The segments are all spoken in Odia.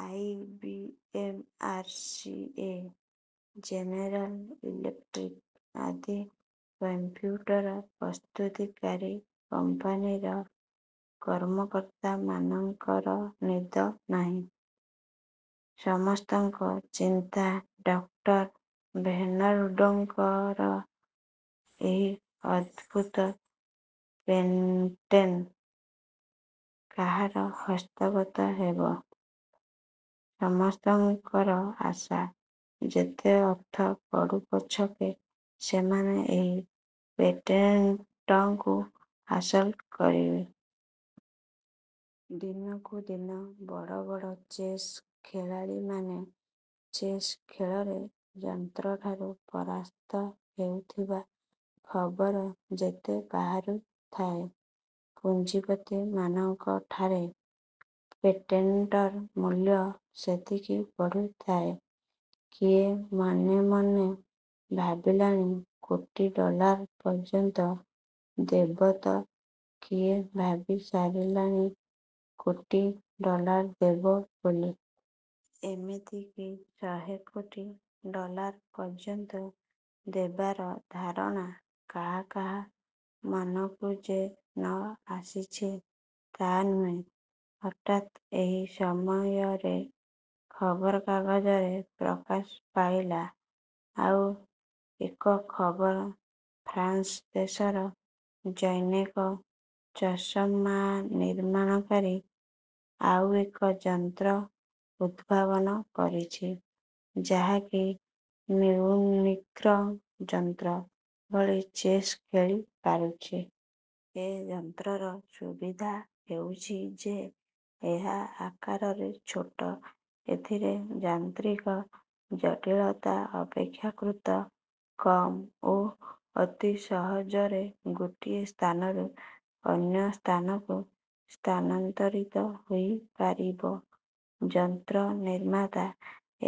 I. B. M. R: C. A., general electric ଆଦି କଂପ୍ୟୁଟର ପ୍ରସ୍ତୁତିକାରୀ କମ୍ପାନୀର କର୍ମକର୍ତ୍ତାମାନଙ୍କରନିଦ ନାହିଁ। ସମସ୍ତଙ୍କର ଚିନ୍ତା ଡକ୍ଟର ଭେର୍ନନ୍ଙ୍କର ଏହି ଅଦ୍ଭୁତ ପେଟେଣ୍ଟ କାହାର ହସ୍ତଗତ ହେବ? ସମସ୍ତଙ୍କର ଆଶା, ଯେତେ ଅର୍ଥ ପଡ଼ୁପଛକେ ସେମାନେ ଏହି ପେଟେଣ୍ଟକୁ ହାସଲ କରିବେ। ଦିନକୁ ଦିନ ବଡ଼ ବଡ଼ ଚେସ୍ ଖେଳାଳୀମାନେ ଚେସ୍ ଖେଳରେ ଯନ୍ତ୍ରଠାରୁ ପରାସ୍ତ ହେଉଥିବା ଖବର ଯେତେ ବାହାରୁଥାଏ, ପୁଞ୍ଜିପତିମାନଙ୍କ ଠାରେ ପେଟେଣ୍ଟର ମୂଲ୍ୟ ସେତିକି ବଢ଼ୁଥାଏ। କିଏ ମନେ ମନେ ଭାବିଲାଣି କୋଟି ଡଲାର ପର୍ଯ୍ୟନ୍ତ ଦେବ ତ କିଏ ଭାବି ସାରିଲାଣି କୋଟି ଡଲାର ଦେବ ବୋଲି। ଏମିତିକି ଶହେ କୋଟି ଡଲାର ପର୍ଯ୍ୟନ୍ତ ଦେବାର ଧାରଣା କାହା କାହା ମନକୁ ଯେ ନ ଆସିଛି, ତା ନୁହେଁ-। ହଠାତ୍ ଏହି ସମୟରେ ଖବରକାଗଜରେ ପ୍ରକାଶ ପାଇଲା ଆଉ ଏକ ଖବର। ଫ୍ରାନ୍ସ ଦେଶର ଜନୈକ ଚଷମାନିର୍ମାଣକାରୀ ଆଉ ଏକ ଯନ୍ତ୍ର ଉଦ୍ଭାବନ କରିଛି; ଯାହାକି ମିଉନିକ୍ର ଯନ୍ତ୍ର ଭଳି ଚେସ୍ ଖେଳିପାରୁଛି। ଏ ଯନ୍ତ୍ରର ସୁବିଧା ହେଉଛି ଯେ ଏହା ଆକାରରେ ଛୋଟ, ଏଥିରେ ଯାନ୍ତ୍ରିକ ଜଟିଳତା ଅପେକ୍ଷାକୃତ କମ୍ ଓ ଅତି ସହଜରେ ଗୋଟିଏ ସ୍ଥାନରୁ ଅନ୍ୟ ସ୍ଥାନକୁ ସ୍ଥାନାନ୍ତରିତ ହୋଇପାରିବ। ଯନ୍ତ୍ରନିର୍ମାତା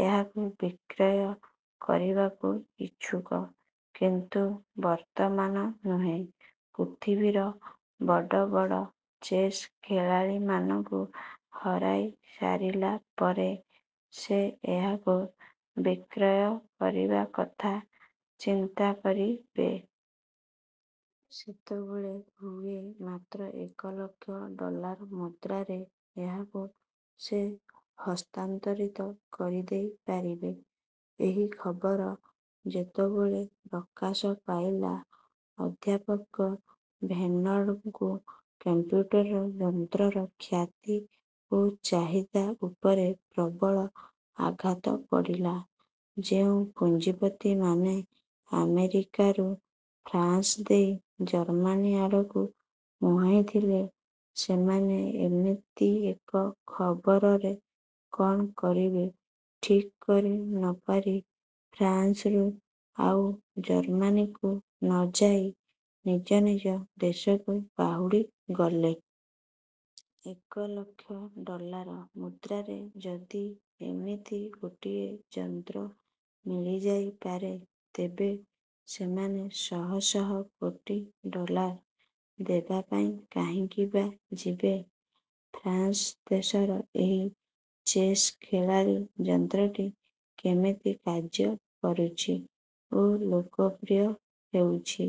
ଏହାକୁ ବିକ୍ରୟ କରିବାକୁ ଇଚ୍ଛୁକ; କିନ୍ତୁ ବର୍ତ୍ତମାନ ନୁହେ। ପୃଥିବୀର ବଡ଼ ବଡ଼ ଚେସ୍ ଖେଳାଳୀମାନଙ୍କୁ ହରାଇସାରିଲା ପରେ ସେ ଏହାକୁ ବିକ୍ରୟ କରିବା କଥା ଚିନ୍ତାକରିବେ। ସେତେବେଳେ ହୁଏ ମାତ୍ର ଏକ ଲକ୍ଷ ଡଲାର ମୁଦ୍ରାରେ ଏହାକୁ ସେ ହସ୍ତାନ୍ତରିତ କରିଦେଇପାରିବେ। ଏହି ଖବର ଯେତେବେଳେ ପ୍ରକାଶ ପାଇଲା, ଅଧ୍ୟାପକ ଭେର୍ନନ୍ଙ୍କ କଂପ୍ୟୁଟର ଯନ୍ତ୍ରର ଖ୍ୟାତି ଓ ଚାହିଦା ଉପରେ ପ୍ରବଳ ଆଘାତ ପଡ଼ିଲା। ଯେଉଁ ପୁଞ୍ଜିପତିମାନେ ଆମେରିକାରୁ ଫ୍ରାନ୍ସ ଦେଇ ଜର୍ମାନୀ ଆଡ଼କୁ ମୁହାଁଇଥିଲେ, ସେମାନେ ଏମିତି ଏକ ଖବରରେ କଣ କରିବେ ଠିକ୍ କରି ନ ପାରି ଫ୍ରାନ୍ସରୁ ଆଉ ଜର୍ମାନୀକୁ ନ ଯାଇ ନିଜ ନିଜ ଦେଶକୁ ବାହୁଡ଼ିଗଲେ। ଏକ ଲକ୍ଷ ଡଲାର ମୁଦ୍ରାରେ ଯଦି ଏମିତି ଗୋଟିଏ ଯନ୍ତ୍ର ମିଳିଯାଇପାରେ, ତେବେ ସେମାନେ ଶହ ଶହ କୋଟି ଡଲାର ଦେବା ପାଇଁ କାହିଁକି ବା ଯିବେ? ଫ୍ରାନ୍ସ ଦେଶର ଏହି ଚେସ୍ ଖେଳାଳୀ ଯନ୍ତ୍ରଟି କେମିତି କାର୍ଯ୍ୟ କରୁଛି ଓ ଲୋକପ୍ରିୟ ହେଉଛି,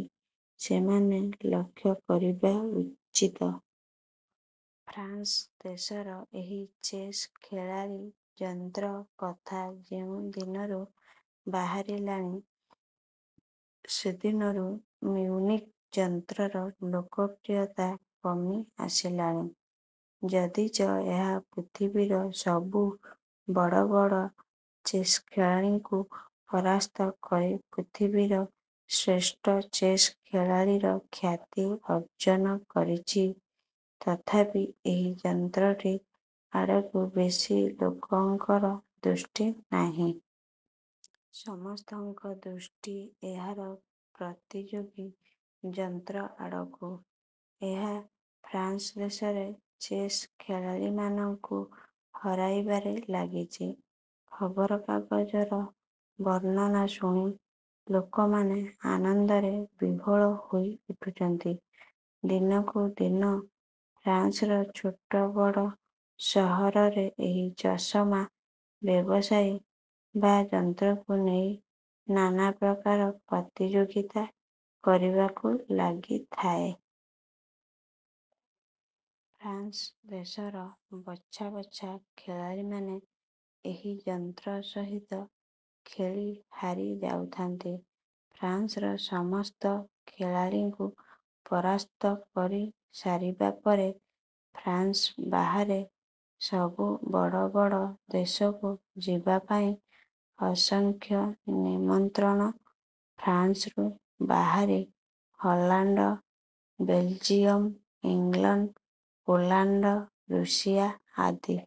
ସେମାନେ ଲକ୍ଷ୍ୟ କରିବା ଉଚିତ। ଫ୍ରାନ୍ସ ଦେଶର ଏହି ଚେସ୍ ଖେଳାଳୀ ଯନ୍ତ୍ର କଥା ଯେଉଁ ଦିନରୁ ବାହାରିଲାଣି, ସେଦିନରୁ ମିଉନିକ ଯନ୍ତ୍ରର ଲୋକପ୍ରିୟତା କମିଆସିଲାଣି। ଯଦିଚ ଏହା ପୃଥିବୀର ସବୁ ବଡ଼ ବଡ଼ ଚେସ୍ଖେଳାଳୀଙ୍କୁ ପରାସ୍ତ କରି ପୃଥିବୀର ଶ୍ରେଷ୍ଠ ଚେସ୍ ଖେଳାଳୀର ଖ୍ୟାତି ଅର୍ଜନ କରିଛି, ତଥାପି ଏହି ଯନ୍ତ୍ରଟି ଆଡ଼କୁ ବେଶୀ ଲୋକଙ୍କର ଦୃଷ୍ଟି ନାହିଁ। ସମସ୍ତଙ୍କ ଦୃଷ୍ଟି ଏହାର ପ୍ରତିଯୋଗୀ ଯନ୍ତ୍ରଆଡ଼କୁ। ଏହା ଫ୍ରାନ୍ସଦେଶରେ ଚେସ୍ ଖେଳାଳୀମାନଙ୍କୁ ହରାଇବାରେ ଲାଗିଛି। ଖବରକାଗଜର ବର୍ଣ୍ଣନା ଶୁଣି ଲୋକମାନେ ଆନନ୍ଦରେ ବିହୋଳ ହୋଇଉଠୁଛନ୍ତି। ଦିନକୁ ଦିନ ଫ୍ରାନ୍ସର ଛୋଟ ବଡ଼ ସହରରେ ଏହି ଚଷମା-ବ୍ୟବସାୟୀ ତା ଯନ୍ତ୍ରକୁ ନେଇ ନାନା ପ୍ରକାର ପ୍ରତିଯୋଗିତା କରିବାରେ ଲାଗିଥାଏ। ଫ୍ରାନ୍ସ ଦେଶର ବଛା ବଛା ଖେଳାଳୀମାନେ ଏହି ଯନ୍ତ୍ର ସହିତ ଖେଳି ହାରିଯାଉଥାନ୍ତି। ଫ୍ରାନ୍ସର ସମସ୍ତ ଖେଳାଳୀଙ୍କୁ ପରାସ୍ତ କରି ସାରିବା ପରେ ଫ୍ରାନ୍ସ ବାହାରେ ସବୁ ବଡ଼ ବଡ଼ ଦେଶକୁ ଯିବା ପାଇଁ ଅସଂଖ୍ୟ ନିମନ୍ତ୍ରଣ। ଫ୍ରାନ୍ସରୁ ବାହାରି Holland, Belgium, England, Poland, Russia. ଆଦି